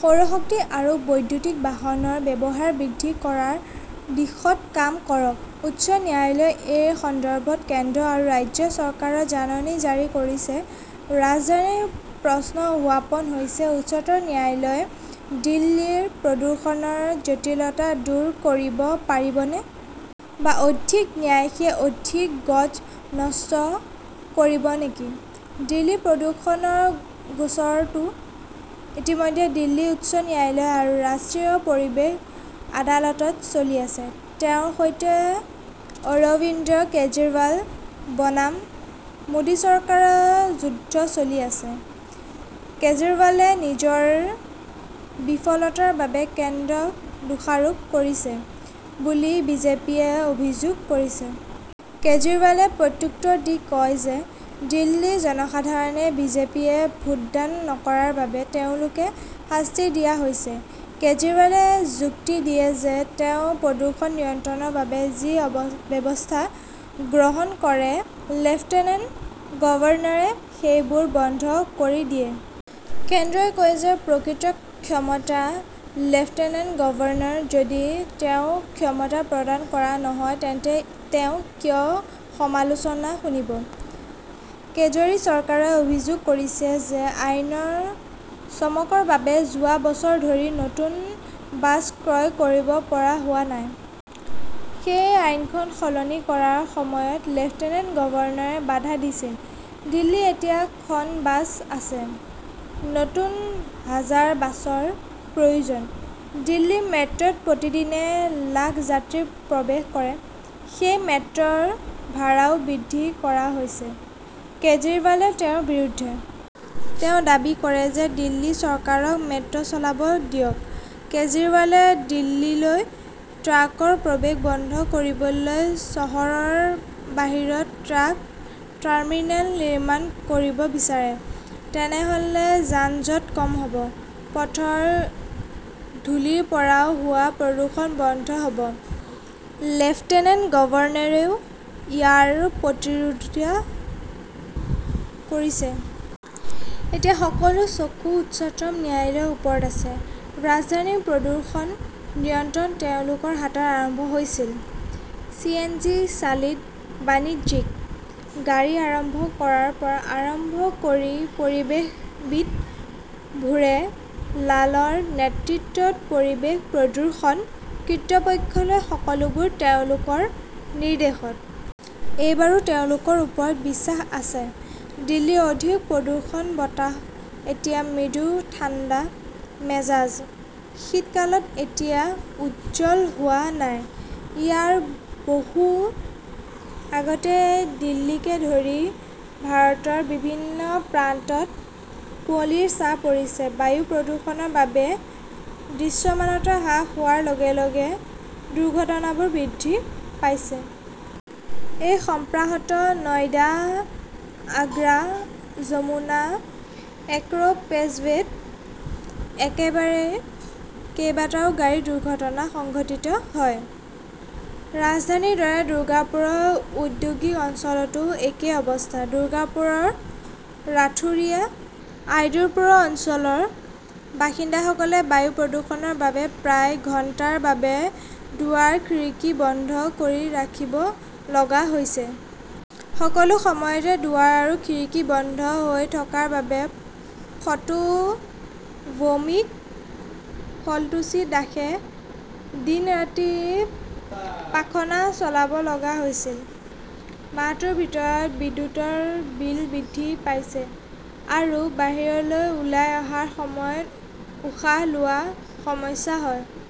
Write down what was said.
সৌৰ শক্তি আৰু বৈদ্যুতিক বাহনৰ ব্যৱহাৰ বৃদ্ধি কৰাৰ দিশত কাম কৰক। উচ্চ ন্যায়ালয়ে এই সন্দৰ্ভত কেন্দ্ৰ আৰু ৰাজ্য চৰকাৰক জাননী জাৰি কৰিছে। ৰাজধানীত প্ৰশ্ন উহাপন হৈছে, উচ্চতৰ ন্যায়ালয়ে দিল্লীৰ প্ৰদূষণৰ জটিলতা দূৰ কৰিব পাৰিবনে? বা অধিক ন্ন্যাসীয়ে অধিক গজ নষ্ট কৰিব নেকি? দিল্লীৰ প্ৰদূষণৰ গোচৰটো ইতিমধ্যে দিল্লী উচ্চ ন্যায়ালয় আৰু ৰাষ্ট্ৰীয় পৰিৱেশ আদালতত চলি আছে। তেওঁৰ সৈতে অৰবিন্দ কেজৰিৱাল বনাম মোদী চৰকাৰৰ যুদ্ধ চলি আছে। কেজৰিৱালে নিজৰ বিফলতাৰ বাবে কেন্দ্ৰক দোষাৰোপ কৰিছে বুলি বিজেপিয়ে অভিযোগ কৰিছে। কেজৰিৱালে প্ৰত্যুত্তৰ দি কয় যে দিল্লীৰ জনসাধাৰণে বিজেপিয়ে ভোটদান নকৰাৰ বাবে তেওঁলোকে শাস্তি দিয়া হৈছে। কেজৰিৱালে যুক্তি দিয়ে যে তেওঁ প্ৰদূষণ নিয়ন্ত্ৰণৰ বাবে যি ব্যৱস্থা গ্ৰহণ কৰে, লেফটেনেণ্ট গভৰ্ণৰে সেইবোৰ বন্ধ কৰি দিয়ে। কেন্দ্ৰই কয় যে প্ৰকৃত ক্ষমতা লেফটেনেণ্ট গভৰ্ণৰৰ। যদি তেওঁক ক্ষমতা প্ৰদান কৰা নহয়, তেন্তে তেওঁ কিয় সমালোচনা শুনিব? কেজৰি-চৰকাৰে অভিযোগ কৰিছে যে আইনৰ চমকৰ বাবে যোৱা বছৰ ধৰি নতুন বাছ ক্ৰয় কৰিব পৰা হোৱা নাই। সেই আইনখন সলনি কৰাৰ সময়ত লেফটেনেণ্ট গভৰ্ণৰে বাধা দিছিল। দিল্লীত এতিয়া খন বাছ আছে। নতুন হাজাৰ বাছৰ প্ৰয়োজন। দিল্লী মেট্ৰত প্ৰতিদিনে লাখ যাত্ৰী প্ৰৱেশ কৰে। সেই মেট্ৰৰ ভাড়াও বৃদ্ধি কৰা হৈছে। কেজৰিৱালে তেওঁৰ বিৰুদ্ধে। তেওঁ দাবী কৰে যে দিল্লী চৰকাৰক মেট্ৰচলাব দিয়ক। কেজৰিৱালে দিল্লীলৈ ট্ৰাকৰ প্ৰৱেশ বন্ধ কৰিবলৈ চহৰৰ বাহিৰত ট্ৰাক টাৰ্মিনেল নিৰ্মাণ কৰিব বিচাৰে। তেনেহলে যান-জঁট কম হব। পথৰ ধূলিৰ পৰাও হোৱা প্ৰদূষণ বন্ধ হব। লেফটেনেণ্ট গভৰ্ণৰেও ইয়াৰ প্ৰতিৰোধিতা কৰিছে। এতিয়া সকলো চকু উচ্চতম ন্যায়ালয়ৰ ওপৰত আছে। ৰাজধানীৰ প্ৰদূষণ নিয়ন্ত্ৰণ তেওঁলোকৰ হাতত আৰম্ভ হৈছিল। চি. এন. জি. -চালিত বাণিজ্যিক গাড়ী আৰম্ভ কৰাৰ পৰা আৰম্ভ কৰি পৰিৱেশবিদ ভুৰে লালৰ নেতৃত্বত পৰিৱেশ প্ৰদূষণ কৃতপক্ষলৈকে-সকলোবোৰ তেওঁলোকৰ নিৰ্দেশত। এইবাৰো তেওঁলোকৰ ওপৰত বিশ্বাস আছে। দিল্লীত অধিক প্ৰদূষণ বতাহত এতিয়া মৃদু ঠাণ্ডা মেজাজ। শীতকাল এতিয়াও উজ্জ্বল হোৱা নাই। ইয়াৰ বহু আগতেই দিল্লীকে ধৰি ভাৰতৰ বিভিন্ন প্ৰান্তত কুঁৱলীৰ ছাঁ পৰিছে। বায়ু প্ৰদূষণৰ বাবে দৃশ্যমানতা হ্ৰাস হোৱাৰ লগে-লগে দুৰ্ঘটনাবোৰো বৃদ্ধি পাইছে। এই সম্প্ৰাহত নয়ডা-আগ্ৰা যমুনা এক্ৰপ্ৰেছৱেত একেবাৰে কেইবাটাও গাড়ীত দুৰ্ঘটনা সংঘটিত হয়। ৰাজধানীৰ দৰে দুৰ্গাপুৰৰ ঔদ্যোগিক অঞ্চলতো একেই অৱস্থা। দুৰ্গাপুৰৰ ৰাথুৰিয়া, আয়দূপুৰ অঞ্চলৰ বাসিন্দাসকলে বায়ু প্ৰদূষণৰ বাবে প্ৰায় ঘণ্টাৰ বাবে দুৱাৰ-খিৰিকী বন্ধ কৰি ৰাখিব লগা হৈছে। সকলো সময়তে দুৱাৰ আৰু খিৰিকী বন্ধ হৈ থকাৰ বাবে ফটো ভৌমিক, ফলটুচি দাসে দিন-ৰাতি পাখনা চলাব লগা হৈছে। মাহটোৰ ভিতৰত বিদ্যুতৰ বিল বৃদ্ধি পাইছে। আৰু বাহিৰলৈ ওলাই অহাৰ সময়ত উশাহ লোৱাৰ সমস্যা হয়।